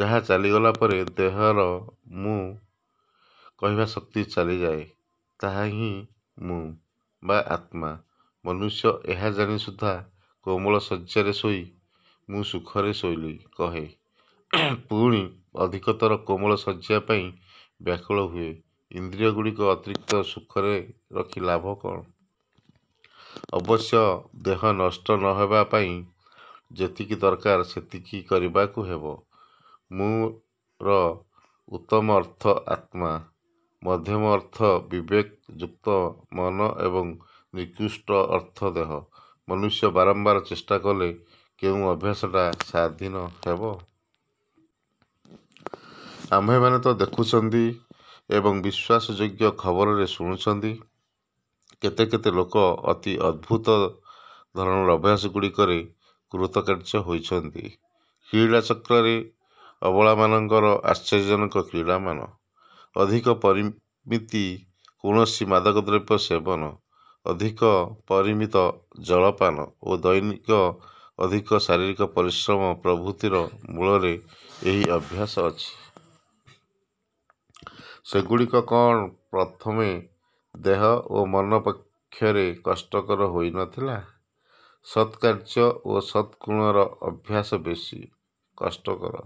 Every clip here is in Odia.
ଯାହା ଚାଲିଗଲାପରେ ଦେହର 'ମୁଁ' କହିବା ଶକ୍ତି ଚାଲିଯାଏ, ତାହା ହିଁ 'ମୁଁ' ବା ଆତ୍ମା। ମନୁଷ୍ୟ ଏହା ଜାଣି ସୁଦ୍ଧା କୋମଳ ଶଯ୍ୟାରେ ଶୋଇ "ମୁଁ ସୁଖରେ ଶୋଇଲି" କହେ, ପୁଣି ଅଧିକତର କୋମଳ ଶଯ୍ୟା ପାଇଁ ବ୍ୟାକୁଳ ହୁଏ। ଇନ୍ଦ୍ରିୟଗୁଡ଼ିକ ଅତିରିକ୍ତ ସୁଖରେ ରଖି ଲାଭ କଅଣ? ଅବଶ୍ୟ ଦେହ ନଷ୍ଟ ନ ହେବା ପାଇଁ ଯେତିକି ଦରକାର ସେତିକି କରିବାକୁ ହେବ। "ମୁଁ"ର ଉତ୍ତମ ଅର୍ଥ ଆତ୍ମା, ମଧ୍ୟମ ଅର୍ଥ ବିବେକ ଯୁକ୍ତ ମନ ଏବଂ ନିକୃଷ୍ଟ ଅର୍ଥ ଦେହ। ମନୁଷ୍ୟ ବାରମ୍ବାର ଚେଷ୍ଟା କଲେ କେଉଁ ଅଭ୍ୟାସଟା ସାଧି ନ ହେବ? ଆମ୍ଭେମାନେ ତ ଦେଖୁଛନ୍ତି ଏବଂ ବିଶ୍ଵାସ ଯୋଗ୍ୟ ଖବରରେ ଶୁଣୁଛନ୍ତି, କେତେ କେତେ ଲୋକ ଅତି ଅଦ୍ଭୁତ ଧରଣ ଅଭ୍ୟାସଗୁଡ଼ିକରେ କୃତକାର୍ଯ୍ୟ ହୋଇଛନ୍ତି। କ୍ରୀଡ଼ା ଚକ୍ରରେ ଅବଳାମାନଙ୍କର ଆଶ୍ଚର୍ଯ୍ୟଜନକ କ୍ରୀଡ଼ାମାନ, ଅଧିକ ପରିମିତି କୌଣସି ମାଦକ ଦ୍ରବ୍ୟ ସେବନ, ଅଧିକ ପରିମିତ ଜଳପାନ ଓ ଦୈନିକ ଅଧିକ ଶାରୀରିକ ପରିଶ୍ରମ ପ୍ରଭୃତିର ମୂଳରେ ଏହି ଅଭ୍ୟାସ ଅଛି। ସେଗୁଡ଼ିକ କଅଣ ପ୍ରଥମେ ଦେହ ଓ ମନ ପକ୍ଷରେ କଷ୍ଟକର ହୋଇ ନ ଥିଲା? ସତ୍କାର୍ଯ୍ୟ ଓ ସତ୍ଗୁଣର ଅଭ୍ୟାସ ବେଶୀ। କଷ୍ଟକର।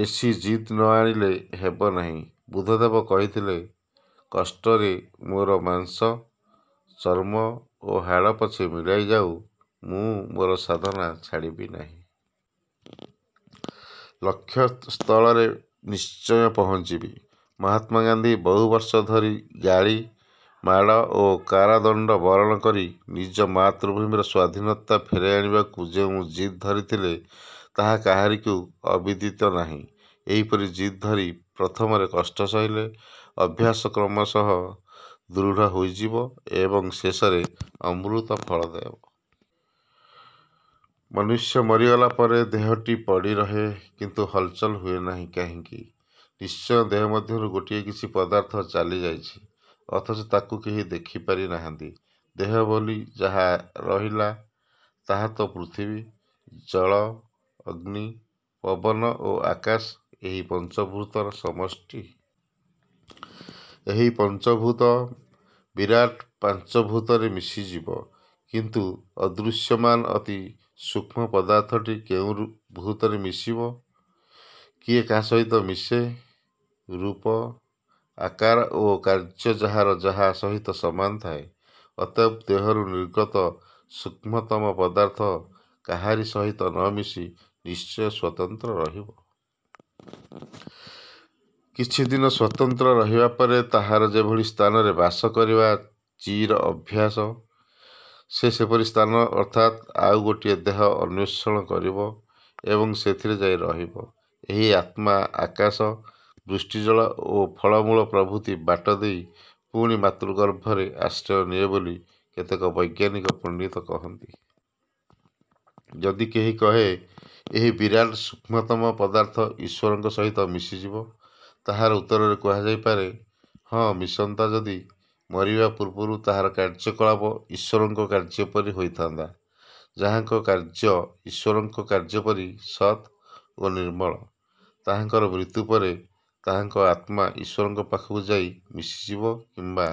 ବେଶୀ ଜିଦ୍ ନ ଆଣିଲେ ହେବ ନାହିଁ। ବୁଦ୍ଧଦେବ କହିଥିଲେ "କଷ୍ଟରେ ମୋର ମାଂସ, ଚର୍ମ ଓ ହାଡ଼ ପଛେ ମିଳାଇ ଯାଉ; ମୁଁ ମୋର ସାଧନା ଛାଡ଼ିବି ନାହିଁ। ଲକ୍ଷ୍ୟ ସ୍ଥଳରେ ନିଶ୍ଚୟ ପହଞ୍ଚିବି। " ମହାତ୍ମା ଗାନ୍ଧୀ ବହୁ ବର୍ଷ ଧରି ଗାଳି, ମାଡ଼ ଓ କାରାଦଣ୍ଡ ବରଣ କରି ନିଜ ମାତୃଭୂମିର ସ୍ଵାଧୀନତା ଫେରାଇ ଆଣିବାକୁ ଯେଉଁ ଜିଦ୍ ଧରିଥିଲେ, ତାହା କାହାରିକୁ ଅବିଦିତ ନାହିଁ। ଏହିପରି ଜିଦ୍ ଧରି ପ୍ରଥମରେ କଷ୍ଟ ସହିଲେ ଅଭ୍ୟାସ କ୍ରମଶଃ ଦୃଢ଼ ହୋଇଯିବ ଏବଂ ଶେଷରେ ଅମୃତଫଳ ଦେବ। ମନୁଷ୍ୟ ମରିଗଲା ପରେ ଦେହଟି ପଡ଼ିରହେ କିନ୍ତୁ ହଲଚଲ ହୁଏ ନାହିଁ କାହିଁକି? ନିଶ୍ଚୟ ଦେହ ମଧ୍ୟରୁ ଗୋଟିଏ କିଛି ପଦାର୍ଥ ଚାଲି ଯାଇଛି, ଅଥଚ ତାକୁ କେହି ଦେଖିପାରି ନାହାନ୍ତି-। ଦେହ ବୋଲି ଯାହା ରହିଲା ତାହାତ ପୃଥିବୀ, ଜଳ, ଅଗ୍ନି, ପବନ ଓ ଆକାଶ ଏହି ପଞ୍ଚଭୂତର ସମଷ୍ଟି। ଏହି ପଞ୍ଚଭୂତ ବିରାଟ ପାଞ୍ଚଭୂତରେ ମିଶିଯିବ। କିନ୍ତୁ ଅଦୃଶ୍ୟମାନ ଅତି ସୂକ୍ଷ୍ମ ପଦାର୍ଥଟି କେଉଁ ଭୂତରେ ମିଶିବ? କିଏ କାହା ସହିତ ମିଶେ-? ରୂପ, ଆକାର ଓ କାର୍ଯ୍ୟ ଯାହାର ଯାହା ସହିତ ସମାନ ଥାଏ। ଅତଏବ ଦେହରୁ ନିର୍ଗତ ସୂକ୍ଷ୍ମତମ ପଦାର୍ଥ କାହରି ସହିତ ନ ମିଶି ନିଶ୍ଚୟ ସ୍ଵତନ୍ତ୍ର ରହିବ। କିଛି ଦିନ ସ୍ଵତନ୍ତ୍ର ରହିବା ପରେ ତାହାର ଯେଭଳି ସ୍ଥାନରେ ବାସ କରିବା ଚିର ଅଭ୍ୟାସ, ସେ ସେପରି ସ୍ଥାନ ଅର୍ଥାତ୍ ଆଉ ଗୋଟିଏ ଦେହ ଅନ୍ଵେଷଣ କରିବ ଏବଂ ସେଥିରେ ଯାଇ ରହିବ। ଏହି ଆତ୍ମା ଆକାଶ, ବୃଷ୍ଟିଜଳ ଓ ଫଳମୂଳ ପ୍ରଭୃତି ବାଟ ଦେଇ ପୁଣି ମାତୃଗର୍ଭରେ ଆଶ୍ରୟ ନିଏ ବୋଲି କେତେକ ବୈଜ୍ଞାନିକ ପଣ୍ଡିତ କହନ୍ତି-। ଯଦି କେହି କହେ, ଏହି ବିରାଟ ସୂକ୍ଷ୍ମତମ ପଦାର୍ଥ ଈଶ୍ଵରଙ୍କ ସହିତ ମିଶିଯିବ। ତାହାର ଉତ୍ତରରେ କୁହାଯାଇ ପାରେ, ହଁ ମିଶନ୍ତା ଯଦି ମରିବା ପୂର୍ବରୁ ତାହାର କାର୍ଯ୍ୟକଳାପ ଈଶ୍ଵରଙ୍କ କାର୍ଯ୍ୟପରି ହୋଇଥାନ୍ତା। ଯାହାଙ୍କ କାର୍ଯ୍ୟ ଈଶ୍ଵରଙ୍କ କାର୍ଯ୍ୟପରି ସତ୍ ଓ ନିର୍ମଳ, ତାହାଙ୍କର ମୃତ୍ୟୁ ପରେ ତାହାଙ୍କର ଆତ୍ମା ଈଶ୍ଵରଙ୍କ ପାଖକୁ ଯାଇ ମିଶିଯିବ କିମ୍ବା